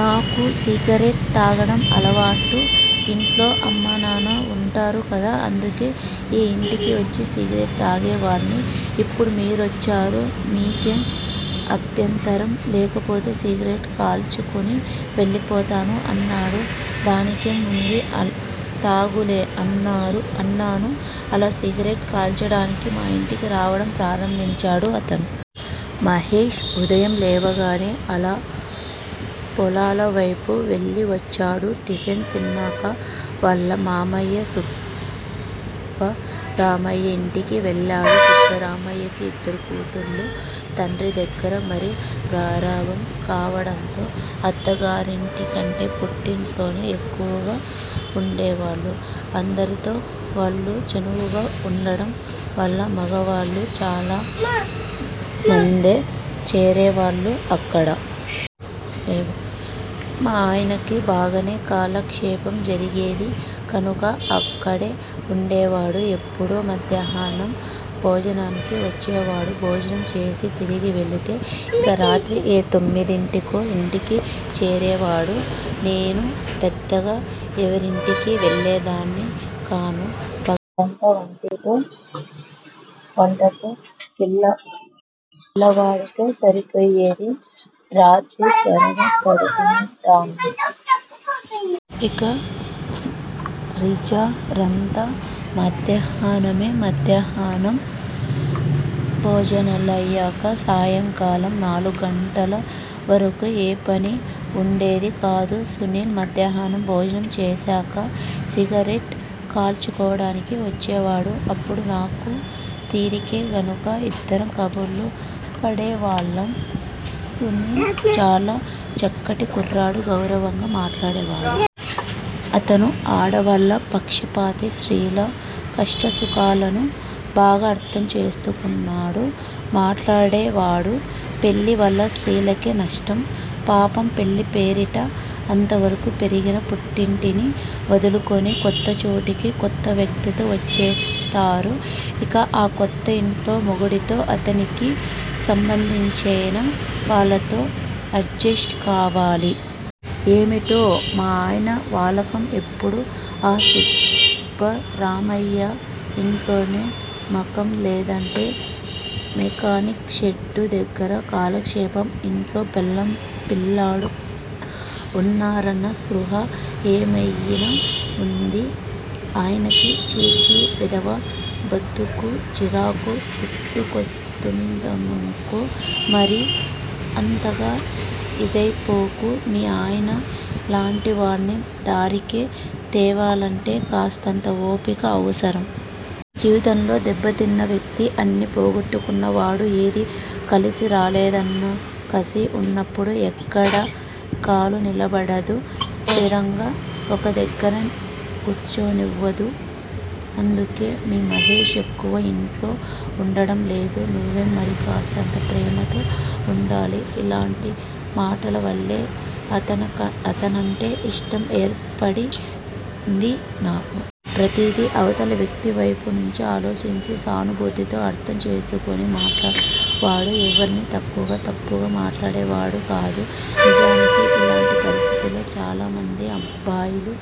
నాకు సిగరెట్ తాగడం అలవాటు. ఇంట్లో అమ్మా నాన్న వుంటారు కదా. అందుకే ఈ యింటికి వచ్చి సిగరెట్ తాగేవాడ్ని. ఇప్పుడు మీరొచ్చారు. మీకేం అభ్యంతరం లేకపోతే సిగరెట్ కాల్చుకొని వెళ్ళిపోతాను. అన్నాడు. దానికేం వుంది తాగులే అన్నాను. అలా సిగరెట్ కాల్చడానికి మా యింటికి రావడం ప్రారంభించాడు అతను. మహేశ్ ఉదయం లేవగానే అలా పొలాలవైపు వెళ్ళి వచ్చాడు. టిఫిన్ తిన్నాక వాళ్ళ మావయ్య సుబ్బరామయ్య యింటికి వెళ్ళాడు. సుబ్బరామయ్యకి ఇద్దరు కూతుళ్ళు. తండ్రి దగ్గర మరీ గారాబం కావడంతో అత్తగారింటికంటే పుట్టింట్లోనే ఎక్కువగా వుండేవాళ్ళు. అందరితో వాళ్ళు చనువుగా వుండడం వల్ల మగవాళ్ళు చాలామందే చేరేవాళ్ళు అక్కడ. మా ఆయనకి బాగనే కాలక్షేపం జరిగేది కనుక అక్కడే వుండేవాడు. ఎప్పుడో మధ్యాహ్నం భోజనానికి వచ్చేవాడు. భోజనం చేసి తిరిగి వెళితే ఇక రాత్రి ఏ తొమ్మిదింటికో ఇంటికి చేరేవాడు. నేను పెద్దగా ఎవరింటికీ వెళ్ళేదాన్ని కాను. పగలంతా వంటతో, పిల్లవాడితో సరిపోయేది. రాత్రి త్వరగా పడుకునేదాన్ని. ఇక రీజరంతా మధ్యాహ్నమే. మధ్యాహ్నం భోజనాలయ్యాక సాయంకాలం నాలుగు గంటల వరకూ ఏ పనీ వుండేది కాదు. సునీల్ మధ్యాహ్నం భోజనం చేశాక సిగరెట్ కాల్చుకోవడానికి వచ్చేవాడు అప్పుడు నాకూ తీరికే గనుక ఇద్దరం కబుర్లు పడేవాళ్ళం. సునీల్ చాలా చక్కటి కుర్రాడు. గౌరవంగా మాట్లాడేవాడు. అతను ఆడవాళ్ళ పక్షపాతి. స్త్రీల కష్టసుఖాలను బాగా అర్ధం చేసుకున్నాడు మాట్లాడేవాడు. పెళ్ళి వల్ల స్త్రీలకే నష్టం, పాపం పెళ్ళి పేరిట అంతవరకు పెరిగిన పుట్టింటిని వదులుకొని, కొత్త చోటుకి, కొత్త వ్యక్తితో వచ్చేస్తారు. ఇక ఆ కొత్త ఇంట్లో మొగుడితో, అతనికి సంబంధించెనా వాళ్ళతో అడ్జెస్ట్ కావాలి. ఏమిటో మా ఆయన వాలకం ఎప్పుడూ ఆ సుబ్బరామయ్య ఇంట్లోనే మకాం, లేదంటే మెకానిక్ షెడ్ దగ్గర కాలక్షేపం, ఇంట్లో పెళ్ళాం, పిల్లాడు వున్నారన్న స్పృహ ఏమైనా వుంది ఆయనకి? ఛీఛీ వెధవ బతుకు, చిరాకు పుట్టుకొస్తుందనుకో మరీ అంతగా ఇదైపోకు. మీ ఆయన లాంటివాడ్ని దారికి తేవాలంటే కాస్తంత ఓపిక అవసరం. జీవితంలో దెబ్బతిన్న వ్యక్తి అన్నీ పోగొట్టుకున్న వాడు ఏదీ కలిసిరాలేదన్నకసి వున్నప్పుడు ఎక్కడా కాలు నిలబడదు. స్థిరంగా ఒక దగ్గర కూర్చోనివ్వదు. అందుకే మీ మహేష్ ఎక్కువ ఇంట్లో వుండడం లేదు నువ్వే మరి కాస్తంత ప్రేమతో వుండాలి. ఇలాంటి మాటలవల్లే అతనంటే ఇష్టం ఏర్పడింది నాకు. ప్రతిదీ అవతల వ్యక్తివైపు నుంచి ఆలోచించి, సానుభూతితో అర్ధం చేసుకోని మాట్లాడేవాడు ఎవర్నీ తక్కువగా, తప్పుగా మాట్లాడేవాడు కాదు. నిజానికి ఇలాంటి పరిస్థితుల్లో చాలామంది అబ్బాయిలు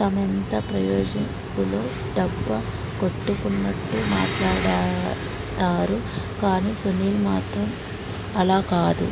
తామెంత ప్రయోజకులో డబ్బా కొట్టుకున్నట్టు మాట్లాడతారు. కానీ సునీల్ మాత్రం అలా కాదు.